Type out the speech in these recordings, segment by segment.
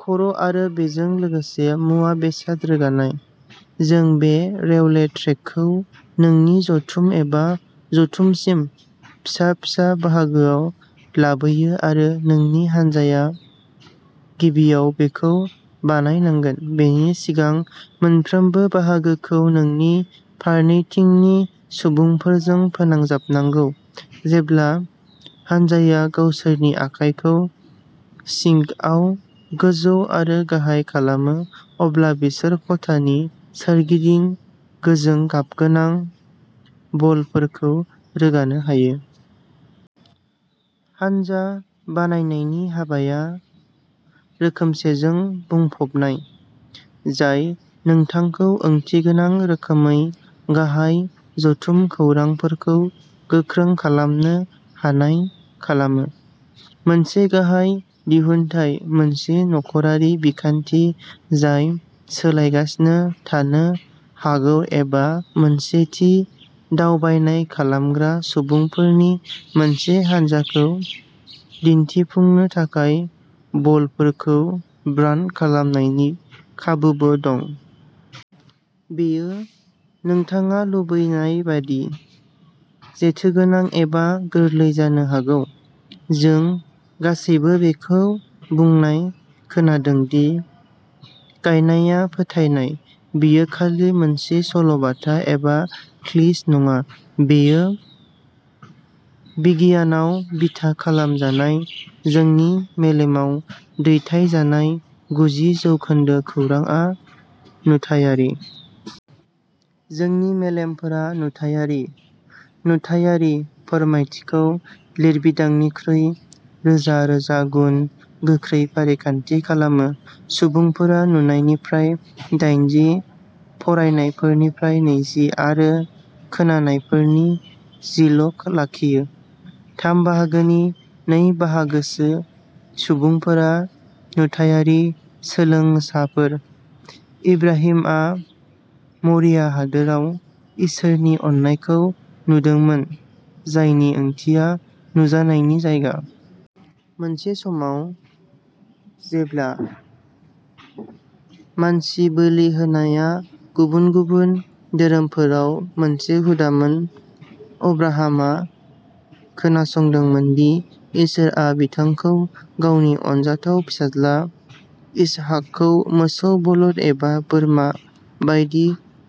खर' आरो बेजों लोगोसे मुवा-बेसाद रोगानाय। जों बे रेलवे ट्रेकखौ नोंनि जथुम एबा जथुमसिम फिसा-फिसा बाहागोआव लाबोयो आरो नोंनि हानजाया गिबियाव बेखौ बानायनांगोन, बेनि सिगां मोनफ्रोमबो बाहागोखौ नोंनि फारनैथिंनि सुबुंफोरजों फोनांजाबनांगौ। जेब्ला हानजाया गावसोरनि आखाइखौ सिंकआव गोजौ आरो गाहाय खालामो, अब्ला बिसोरो खथानि सोरगिदिं गोजों गाबगोनां बलफोरखौ रोगानो हायो। हानजा बानायनायनि हाबाया रोखोमसेजों बुंफबनाय, जाय नोंथांखौ ओंथिगोनां रोखोमै गाहाय जथुम खौरांफोरखौ गोख्रों खालामनो हानाय खालामो। मोनसे गाहाय दिहुनथाय, मोनसे नखरारि बिखान्थि जाय सोलायगासिनो थानो हागौ एबा मोनसे थि दावबायनाय खालामग्रा सुबुंफोरनि मोनसे हानजाखौ दिनथिफुंनो थाखाय बलफोरखौ ब्रान्ड खालामनायनि खाबुबो दं। बेयो नोंथाङा लुबैनायबादि जेथोगोनां एबा गोरलै जानो हागौ। जों गासैबो बेखौ बुंनाय खोनादोंदि "नायनाया फोथायनाय।" बेयो खालि मोनसे सल'बाथा एबा क्लिच नङा। बेयो बिगियानाव बिथा खालामजानाय, जोंनि मेलेमाव दैथायहरजानाय गुजि जौखोन्दो खौरांआ नुथायारि। जोंनि मेलेमफोरा नुथायारि। नुथायारि फोरमायथिखौ लिरबिदांनिख्रुइ रोजा रोजा गुन गोख्रै फारिखान्थि खालामो। सुबुंफोरा नुनायनिफ्राय दाइनजि, फरायनायफोरनिफ्राय नैजि आरो खोनानायफोरनि जिल' लाखियो। थाम बाहागोनि नै बाहागोसो सुबुंफोरा नुथायारि सोलोंसाफोर। इब्राहिमआ मरिया हादोराव इसोरनि अननायखौ नुदोंमोन, जायनि ओंथिया "नुजानायनि जायगा"। मोनसे समाव जेब्ला मानसि बोलि होनाया गुबुन गुबुन धोरोमफोराव मोनसे हुदामोन, अब्राहमआ खोनासंदोंमोन दि इसोरआ बिथांखौ गावनि अनजाथाव फिसाज्ला, इसहाकखौ मोसौ बलद एबा बोरमा बायदि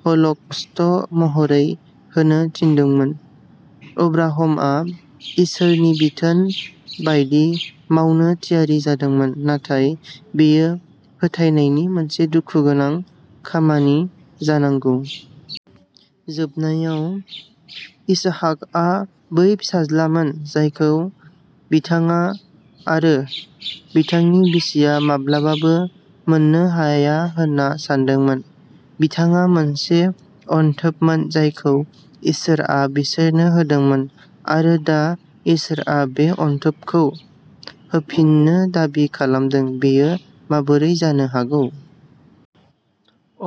ह'ल'कस्ट महरै होनो थिनदोंमोन। अब्राहमआ इसोरनि बिथोन बायदि मावनो थियारि जादोंमोन, नाथाय बेयो फोथायनायनि मोनसे दुखुगोनां खामानि जानांगौ। जोबनायाव, इसहाकआ बै फिसाज्लामोन जायखौ बिथाङा आरो बिथांनि बिसिया माब्लाबाबो मोननो हाया होन्ना सानदोंमोन। बिथाङा मोनसे अनथोबमोन जायखौ इसोरआ बिसोरनो होदोंमोन आरो दा इसोरआ बे अनथोबखौ होफिननो दाबि खालामदों। बेयो माबोरै जानो हागौ?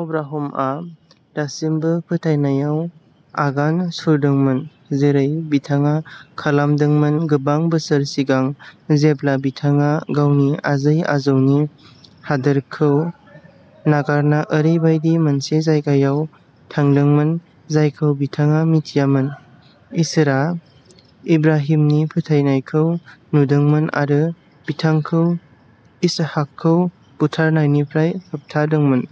अब्राहमआ दासिमबो फोथायनायाव आगान सुरदोंमोन, जेरै बिथाङा खालामदोंमोन गोबां बोसोर सिगां जेब्ला बिथाङा गावनि आजै-आजौनि हादोरखौ नागारना ओरैबायदि मोनसे जायगायाव थांदोंमोन जायखौ बिथाङा मिथियामोन। इसोरआ इब्राहिमनि फोथायनायखौ नुदोंमोन आरो बिथांखौ इसहाकखौ बुथारनायनिफ्राय होबथायदोंमोन।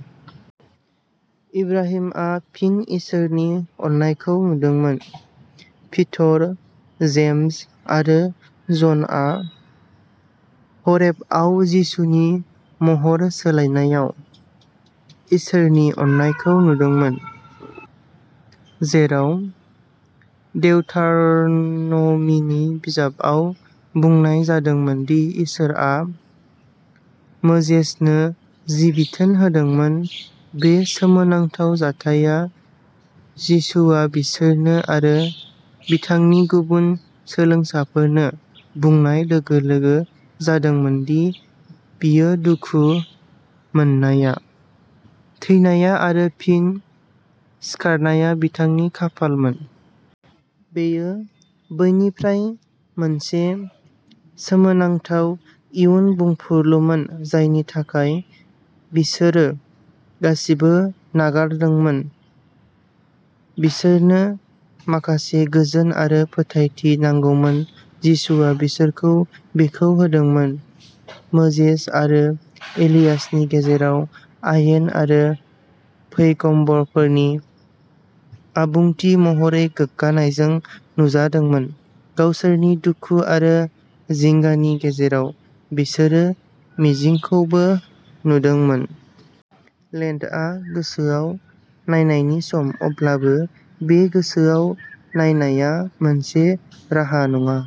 इब्राहिमआ फिन इसोरनि अननायखौ नुदोंमोन। पीटर, जेम्स आरो जनआ ह'रेबआव जिसुनि महर सोलायनायाव इसोरनि अननायखौ नुदोंमोन, जेराव देउतार'न'मीनि बिजाबाव बुंनाय जादोंमोन दि इसोरआ मोजेसनो जि बिथोन होदोंमोन। बे सोमोनांथाव जाथायआ जिसुआ बिसोरनो आरो बिथांनि गुबुन सोलोंसाफोरनो बुंनाय लोगो-लोगो जादोंमोन दि बियो दुखु मोननाया, थैनाया आरो फिन सिखारनाया बिथांनि खाफालमोन। बेयो बैनिफ्राय मोनसे सोमोनांथाव इयुन बुंफुरलुमोन जायनि थाखाय बिसोरो गासिबो नागारदोंमोन। बिसोरनो माखासे गोजोन आरो फोथायथि नांगौमोन। जिसुआ बिसोरखौ बेखौ होदोंमोन, मोजेस आरो एलियाहनि गेजेराव आयेन आरो पैगम्बरफोरनि आबुंथि महरै गोग्गानायजों नुजादोंमोन। गावसोरनि दुखु आरो जिंगानि गेजेराव, बिसोरो मिजिंखौबो नुदोंमोन। लेन्टआ गोसोयाव नायनायनि सम, अब्लाबो बे गोसोयाव नायनाया मोनसे राहा नङा।